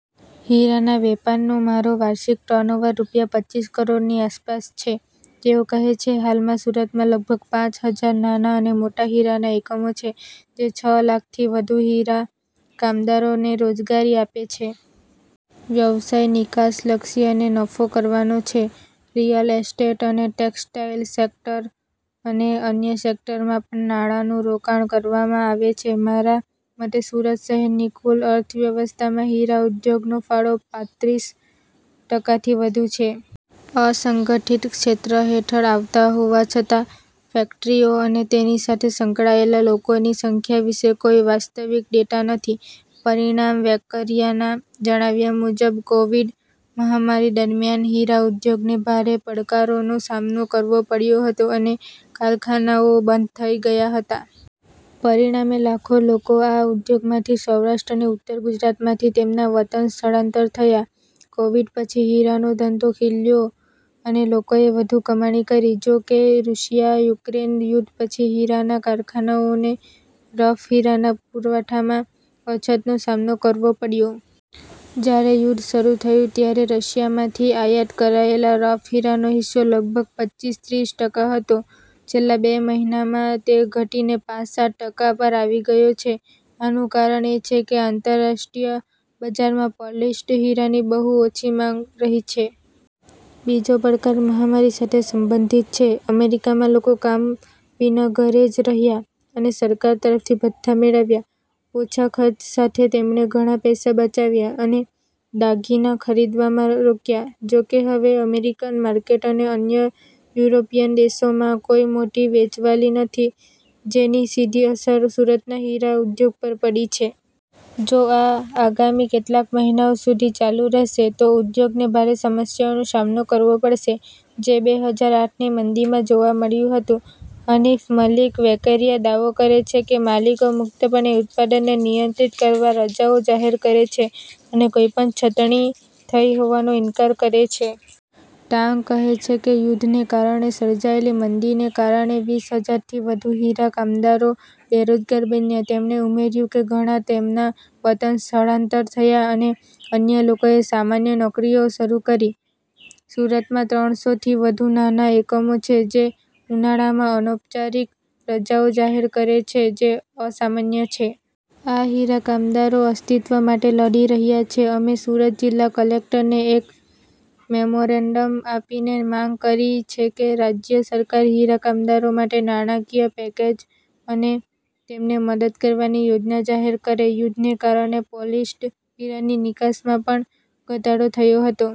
હીરાના વેપારનો મારો વાર્ષિક ટર્નઓવર રૂપિયા પચ્ચીસ કરોડની આસપાસ છે. તેઓ કહે છે, હાલમાં સુરતમાં લગભગ પાંચ હજાર નાના અને મોટા હીરાના એકમો છે, જે છ લાખથી વધુ હીરા કામદારોને રોજગારી આપે છે. વ્યવસાય નિકાસલક્ષી અને નફો કમાવાનો છે. રિયલ એસ્ટેટ અને ટેક્સટાઇલ સેક્ટર અને અન્ય સેક્ટરમાં પણ નાણાંનું રોકાણ કરવામાં આવે છે. મારા મતે સુરત શહેરની કુલ અર્થવ્યવસ્થામાં હીરા ઉદ્યોગનો ફાળો પાંત્રીસ ટકાથી વધુ છે. અસંગઠિત ક્ષેત્ર હેઠળ આવતા હોવા છતાં, ફેક્ટરીઓ અને તેની સાથે સંકળાયેલા લોકોની સંખ્યા વિશે કોઈ વાસ્તવિક ડેટા નથી. પરિણામ વેકરિયાના જણાવ્યા મુજબ, કોવિડ મહામારી દરમિયાન, હીરા ઉદ્યોગને ભારે પડકારોનો સામનો કરવો પડ્યો હતો અને કારખાનાઓ બંધ થઈ ગયા હતા. પરિણામે, લાખો લોકો આ ઉદ્યોગમાંથી સૌરાષ્ટ્ર અને ઉત્તર ગુજરાતમાંથી તેમના વતન સ્થળાંતર થયા. કોવિડ પછી, હીરાનો ધંધો ખીલ્યો અને લોકોએ વધુ કમાણી કરી. જો કે, રુસિયા-યુક્રેન યુદ્ધ પછી, હીરાના કારખાનાઓને રફ હીરાના પુરવઠામાં અછતનો સામનો કરવો પડ્યો. જ્યારે યુદ્ધ શરૂ થયું, ત્યારે રશિયામાંથી આયાત કરાયેલા રફ હીરાનો હિસ્સો લગભગ પચ્ચીસ-ત્રીસ ટકા હતો. છેલ્લા બે મહિનામાં તે ઘટીને પાંચ-સાત ટકા પર આવી ગયો છે. "આનું કારણ એ છે કે, આંતરરાષ્ટ્રીય બજારમાં પોલિશ્ડ હીરાની બહુ ઓછી માંગ રહી છે. બીજો પડકાર મહામારી સાથે સંબંધિત છે. "અમેરિકામાં લોકો કામ વિના ઘરે જ રહ્યા અને સરકાર તરફથી ભથ્થાં મેળવ્યા. ઓછા ખર્ચ સાથે, તેમણે ઘણા પૈસા બચાવ્યા અને દાગીના ખરીદવામાં રોક્યા. જોકે, હવે અમેરિકન માર્કેટ અને અન્ય યુરોપીયન દેશોમાં કોઈ મોટી વેચવાલી નથી, જેની સીધી અસર સુરતના હીરા ઉદ્યોગ પર પડી છે. જો આ આગામી કેટલાક મહિનાઓ સુધી ચાલુ રહેશે, તો ઉદ્યોગને ભારે સમસ્યાઓનો સામનો કરવો પડશે, જે બે હજાર આઠની મંદીમાં જોવા મળ્યું હતું. હનિફ મલિક વેકેરિયા દાવો કરે છે કે, માલિકો મુક્તપણે ઉત્પાદનને નિયંત્રિત કરવા રજાઓ જાહેર કરે છે અને કોઈપણ છટણી થઈ હોવાનો ઇનકાર કરે છે. ટાંક કહે છે કે, યુદ્ધને કારણે સર્જાયેલી મંદીને કારણે, વીસ હજાર થી વધુ હીરા કામદારો બેરોજગાર બન્યા, તેમણે ઉમેર્યું કે, ઘણા તેમના વતન સ્થળાંતર થયા અને અન્ય લોકોએ સામાન્ય નોકરીઓ શરૂ કરી. સુરતમાં ત્રણ સો થી વધુ નાના એકમો છે, જે ઉનાળામાં અનૌપચારિક રજાઓ જાહેર કરે છે જે અસામાન્ય છે. આ હીરા કામદારો અસ્તિત્વ માટે લડી રહ્યા છે. અમે સુરત જિલ્લા કલેક્ટરને એક મેમોરેન્ડમ આપીને માંગ કરી છે કે, રાજ્ય સરકાર હીરા કામદારો માટે નાણાકીય પેકેજ અને તેમને મદદ કરવાની યોજના જાહેર કરે. યુદ્ધને કારણે પોલિશ્ડ હીરાની નિકાસમાં પણ ઘટાડો થયો હતો.